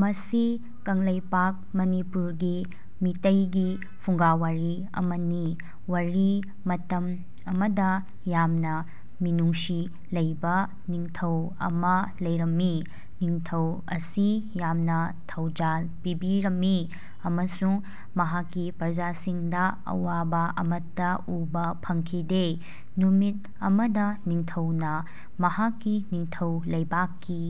ꯃꯁꯤ ꯀꯪꯂꯩꯄꯥꯛ ꯃꯅꯤꯄꯨꯔꯒꯤ ꯃꯤꯇꯩꯒꯤ ꯐꯨꯡꯒꯥꯋꯥꯔꯤ ꯑꯃꯅꯤ꯫ ꯋꯥꯔꯤ ꯃꯇꯝ ꯑꯃꯗꯥ ꯌꯥꯝꯅꯥ ꯃꯤꯅꯨꯡꯁꯤ ꯂꯩꯕꯥ ꯅꯤꯡꯊꯧ ꯑꯃꯥ ꯂꯩꯔꯝꯃꯤ꯫ ꯅꯤꯡꯊꯧ ꯑꯁꯤ ꯌꯥꯝꯅꯥ ꯊꯧꯖꯥꯜ ꯄꯤꯕꯤꯔꯝꯃꯤ ꯑꯃꯁꯨꯡ ꯃꯍꯥꯛꯀꯤ ꯄ꯭ꯔꯖꯥꯁꯤꯡꯗꯥ ꯑꯋꯥꯕꯥ ꯑꯃꯠꯇꯥ ꯎꯕꯥ ꯐꯪꯈꯤꯗꯦ꯫ ꯅꯨꯃꯤꯠ ꯑꯃꯗꯥ ꯅꯤꯡꯊꯧꯅꯥ ꯃꯍꯥꯛꯀꯤ ꯅꯤꯡꯊꯧ ꯂꯩꯕꯥꯛꯀꯤ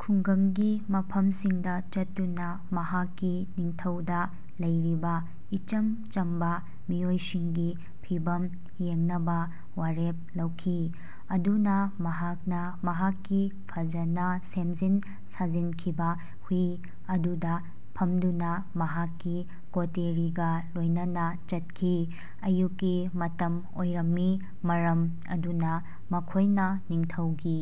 ꯈꯨꯡꯒꯪꯒꯤ ꯃꯐꯝꯁꯤꯡꯗꯥ ꯆꯠꯇꯨꯅꯥ ꯃꯍꯥꯛꯀꯤ ꯅꯤꯡꯊꯧꯗꯥ ꯂꯩꯔꯤꯕꯥ ꯏꯆꯝ ꯆꯝꯕꯥ ꯃꯤꯑꯣꯏꯁꯤꯡꯒꯤ ꯐꯤꯚꯝ ꯌꯦꯡꯅꯕꯥ ꯋꯥꯔꯦꯞ ꯂꯧꯈꯤ꯫ ꯑꯗꯨꯅꯥ ꯃꯍꯥꯛꯅꯥ ꯃꯍꯥꯛꯀꯤ ꯐꯖꯅꯥ ꯁꯦꯝꯖꯤꯟ ꯁꯥꯖꯤꯟꯈꯤꯕꯥ ꯍꯨꯏ ꯑꯗꯨꯗꯥ ꯐꯝꯗꯨꯅꯥ ꯃꯍꯥꯛꯀꯤ ꯀꯣꯇꯦꯔꯤꯒꯥ ꯂꯣꯏꯅꯅꯥ ꯆꯠꯈꯤ꯫ ꯑꯌꯨꯛꯀꯤ ꯃꯇꯝ ꯑꯣꯏꯔꯝꯃꯤ ꯃꯔꯝ ꯑꯗꯨꯅꯥ ꯃꯈꯣꯏꯅꯥ ꯅꯤꯡꯊꯧꯒꯤ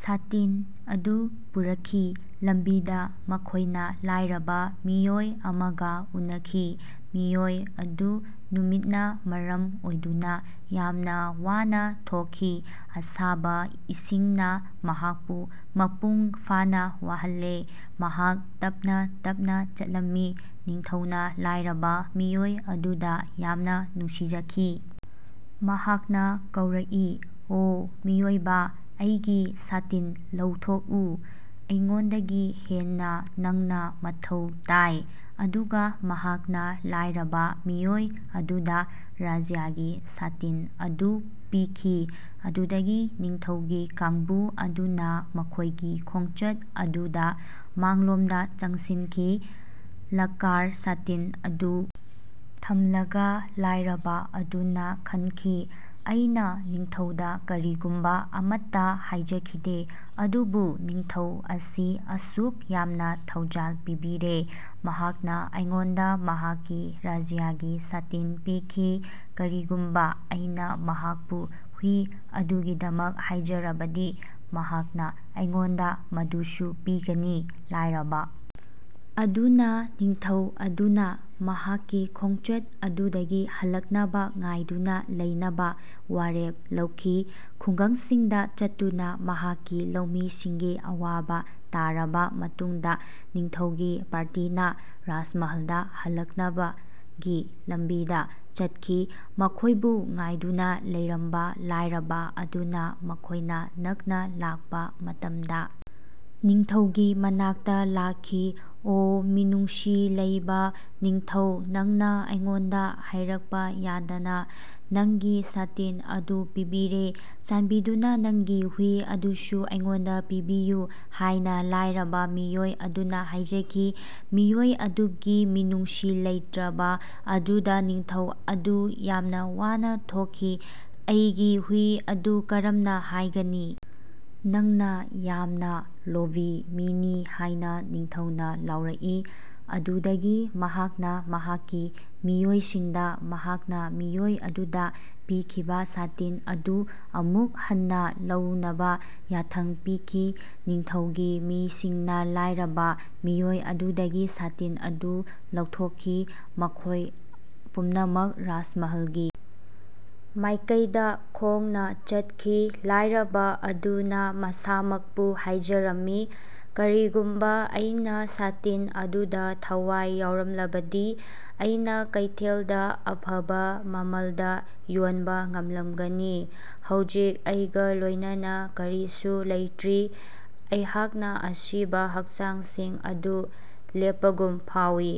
ꯁꯥꯇꯤꯟ ꯑꯗꯨ ꯄꯨꯔꯛꯈꯤ꯫ ꯂꯝꯕꯤꯗꯥ ꯃꯈꯣꯏꯅꯥ ꯂꯥꯏꯔꯕꯥ ꯃꯤꯑꯣꯏ ꯑꯃꯒꯥ ꯎꯅꯈꯤ꯫ ꯃꯤꯑꯣꯏ ꯑꯗꯨ ꯅꯨꯃꯤꯠꯅꯥ ꯃꯔꯝ ꯑꯣꯏꯗꯨꯅꯥ ꯌꯥꯝꯅꯥ ꯋꯥꯅꯥ ꯊꯣꯛꯈꯤ꯫ ꯑꯁꯥꯕꯥ ꯏꯁꯤꯡꯅꯥ ꯃꯍꯥꯛꯄꯨ ꯃꯄꯨꯡ ꯐꯥꯅꯥ ꯋꯥꯍꯜꯂꯦ ꯃꯍꯥꯛ ꯇꯞꯅꯥ ꯇꯞꯅꯥ ꯆꯠꯂꯝꯃꯤ꯫ ꯅꯤꯡꯊꯧꯅꯥ ꯂꯥꯏꯔꯕꯥ ꯃꯤꯑꯣꯏ ꯑꯗꯨꯗꯥ ꯌꯥꯝꯅꯥ ꯅꯨꯡꯁꯤꯖꯈꯤ꯫ ꯃꯍꯥꯛꯅꯥ ꯀꯧꯔꯛꯏ ꯑꯣ ꯃꯤꯑꯣꯏꯕꯥ ꯑꯩꯒꯤ ꯁꯥꯇꯤꯟ ꯂꯧꯊꯣꯛꯎ꯫ ꯑꯩꯉꯣꯟꯗꯒꯤ ꯍꯦꯟꯅꯥ ꯅꯪꯅꯥ ꯃꯊꯧ ꯇꯥꯏ꯫ ꯑꯗꯨꯒꯥ ꯃꯍꯥꯛꯅꯥ ꯂꯥꯏꯔꯕꯥ ꯃꯤꯑꯣꯏ ꯑꯗꯨꯗꯥ ꯔꯥꯖ꯭ꯌꯒꯤ ꯁꯥꯇꯤꯟ ꯑꯗꯨ ꯄꯤꯈꯤ꯫ ꯑꯗꯨꯗꯒꯤ ꯅꯤꯡꯊꯧꯒꯤ ꯀꯥꯡꯕꯨ ꯑꯗꯨꯅꯥ ꯃꯈꯣꯏꯒꯤ ꯈꯣꯡꯆꯠ ꯑꯗꯨꯗꯥ ꯃꯥꯡꯂꯣꯝꯗꯥ ꯆꯪꯁꯤꯟꯈꯤ꯫ ꯂꯛꯀꯔ ꯁꯥꯇꯤꯟ ꯑꯗꯨ ꯊꯝꯂꯒꯥ ꯂꯥꯏꯔꯕꯥ ꯑꯗꯨꯅꯥ ꯈꯟꯈꯤ ꯑꯩꯅꯥ ꯅꯤꯡꯊꯧꯗꯥ ꯀꯔꯤꯒꯨꯝꯕꯥ ꯑꯃꯠꯇꯥ ꯍꯥꯏꯖꯈꯤꯗꯦ꯫ ꯑꯗꯨꯕꯨ ꯅꯤꯡꯊꯧ ꯑꯁꯤ ꯑꯁꯨꯛ ꯌꯥꯝꯅꯥ ꯊꯧꯖꯥꯜ ꯄꯤꯕꯤꯔꯦ ꯃꯍꯥꯛꯅꯥ ꯑꯩꯉꯣꯟꯗꯥ ꯃꯍꯥꯛꯀꯤ ꯔꯥꯖ꯭ꯌꯒꯤ ꯁꯥꯇꯤꯟ ꯄꯤꯈꯤ꯫ ꯀꯔꯤꯒꯨꯝꯕꯥ ꯑꯩꯅꯥ ꯃꯍꯥꯛꯄꯨ ꯍꯨꯏ ꯑꯗꯨꯒꯤꯗꯃꯛ ꯍꯥꯏꯖꯔꯕꯗꯤ ꯃꯍꯥꯛꯅꯥ ꯑꯩꯉꯣꯟꯗꯥ ꯃꯗꯨꯁꯨ ꯄꯤꯒꯅꯤ꯫ ꯂꯥꯏꯔꯕꯥ ꯑꯗꯨꯅꯥ ꯅꯤꯡꯊꯧ ꯑꯗꯨꯅꯥ ꯃꯍꯥꯛꯀꯤ ꯈꯣꯡꯆꯠ ꯑꯗꯨꯗꯒꯤ ꯍꯜꯂꯛꯅꯕꯥ ꯉꯥꯏꯗꯨꯅꯥ ꯂꯩꯅꯕꯥ ꯋꯥꯔꯦꯞ ꯂꯧꯈꯤ꯫ ꯈꯨꯡꯒꯪꯁꯤꯡꯗꯥ ꯆꯠꯇꯨꯅꯥ ꯃꯍꯥꯛꯀꯤ ꯂꯧꯃꯤꯁꯤꯡꯒꯤ ꯑꯋꯥꯕꯥ ꯇꯥꯔꯕꯥ ꯃꯇꯨꯡꯗꯥ ꯅꯤꯡꯊꯧꯒꯤ ꯄꯥꯔꯇꯤꯅꯥ ꯔꯥꯖꯃꯍꯜꯗꯥ ꯍꯜꯂꯛꯅꯕꯒꯤ ꯂꯝꯕꯤꯗꯥ ꯆꯠꯈꯤ꯫ ꯃꯈꯣꯏꯕꯨ ꯉꯥꯏꯗꯨꯅꯥ ꯂꯩꯔꯝꯕꯥ ꯂꯥꯏꯔꯕꯥ ꯑꯗꯨꯅꯥ ꯃꯈꯣꯏꯅꯥ ꯅꯛꯅꯥ ꯂꯥꯛꯄꯥ ꯃꯇꯝꯗꯥ ꯅꯤꯡꯊꯧꯒꯤ ꯃꯅꯥꯛꯇꯥ ꯂꯥꯛꯈꯤ꯫ ꯑꯣ ꯃꯤꯅꯨꯡꯁꯤ ꯂꯩꯕꯥ ꯅꯤꯡꯊꯧ ꯅꯪꯅꯥ ꯑꯩꯉꯣꯟꯗꯥ ꯍꯥꯏꯔꯛꯄꯥ ꯌꯥꯗꯅꯥ ꯅꯪꯒꯤ ꯁꯥꯇꯤꯟ ꯑꯗꯨ ꯄꯤꯕꯤꯔꯦ꯫ ꯆꯥꯟꯕꯤꯗꯨꯅꯥ ꯅꯪꯒꯤ ꯍꯨꯏ ꯑꯗꯨꯁꯨ ꯑꯩꯉꯣꯟꯗꯥ ꯄꯤꯕꯤꯌꯨ ꯍꯥꯏꯅꯥ ꯂꯥꯏꯔꯕꯥ ꯃꯤꯑꯣꯏ ꯑꯗꯨꯅꯥ ꯍꯥꯏꯖꯈꯤ꯫ ꯃꯤꯑꯣꯏ ꯑꯗꯨꯒꯤ ꯃꯤꯅꯨꯡꯁꯤ ꯂꯩꯇ꯭ꯔꯕꯥ ꯑꯗꯨꯗꯥ ꯅꯤꯡꯊꯧ ꯑꯗꯨ ꯌꯥꯝꯅꯥ ꯋꯥꯅꯥ ꯊꯣꯛꯈꯤ꯫ ꯑꯩꯒꯤ ꯍꯨꯏ ꯑꯗꯨ ꯀꯔꯝꯅꯥ ꯍꯥꯏꯒꯅꯤ? ꯅꯪꯅꯥ ꯌꯥꯝꯅꯥ ꯂꯣꯚꯤ ꯃꯤꯅꯤ ꯍꯥꯏꯅꯥ ꯅꯤꯡꯊꯧꯅꯥ ꯂꯥꯎꯔꯛꯏ꯫ ꯑꯗꯨꯗꯒꯤ ꯃꯍꯥꯛꯅꯥ ꯃꯍꯥꯛꯀꯤ ꯃꯤꯑꯣꯏꯁꯤꯡꯗꯥ ꯃꯍꯥꯛꯅꯥ ꯃꯤꯑꯣꯏ ꯑꯗꯨꯗꯥ ꯄꯤꯈꯤꯕꯥ ꯁꯥꯇꯤꯟ ꯑꯗꯨ ꯑꯃꯨꯛ ꯍꯟꯅꯥ ꯂꯧꯅꯕꯥ ꯌꯥꯊꯪ ꯄꯤꯈꯤ꯫ ꯅꯤꯡꯊꯧꯒꯤ ꯃꯤꯁꯤꯡꯅꯥ ꯂꯥꯏꯔꯕꯥ ꯃꯤꯑꯣꯏ ꯑꯗꯨꯗꯒꯤ ꯁꯥꯇꯤꯟ ꯑꯗꯨ ꯂꯧꯊꯣꯛꯈꯤ ꯃꯈꯣꯏ ꯄꯨꯝꯅꯃꯛ ꯔꯥꯖꯃꯍꯜꯒꯤ ꯃꯥꯏꯀꯩꯗꯥ ꯈꯣꯡꯅꯥ ꯆꯠꯈꯤ꯫ ꯂꯥꯏꯔꯕꯥ ꯑꯗꯨꯅꯥ ꯃꯁꯥꯃꯛꯄꯨ ꯍꯥꯏꯖꯔꯝꯃꯤ ꯀꯔꯤꯒꯨꯝꯕꯥ ꯑꯩꯅꯥ ꯁꯥꯇꯤꯟ ꯑꯗꯨꯗꯥ ꯊꯋꯥꯏ ꯌꯥꯎꯔꯝꯂꯕꯗꯤ ꯑꯩꯅꯥ ꯀꯩꯊꯦꯜꯗꯥ ꯑꯐꯕꯥ ꯃꯃꯜꯗꯥ ꯌꯣꯟꯕꯥ ꯉꯝꯂꯝꯒꯅꯤ꯫ ꯍꯧꯖꯤꯛ ꯑꯩꯒꯥ ꯂꯣꯏꯅꯅꯥ ꯀꯔꯤꯁꯨ ꯂꯩꯇ꯭ꯔꯤ꯫ ꯑꯩꯍꯥꯛꯅꯥ ꯑꯁꯤꯕꯥ ꯍꯛꯆꯥꯡꯁꯤꯡ ꯑꯗꯨ ꯂꯦꯛꯄꯒꯨꯝ ꯐꯥꯎꯏ꯫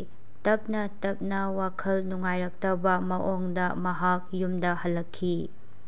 ꯇꯞꯅꯥ ꯇꯞꯅꯥ ꯋꯥꯈꯜ ꯅꯨꯡꯉꯥꯏꯇꯕꯥ ꯃꯑꯣꯡꯗꯥ ꯃꯍꯥꯛ ꯌꯨꯝꯗꯥ ꯍꯜꯂꯛꯈꯤ꯫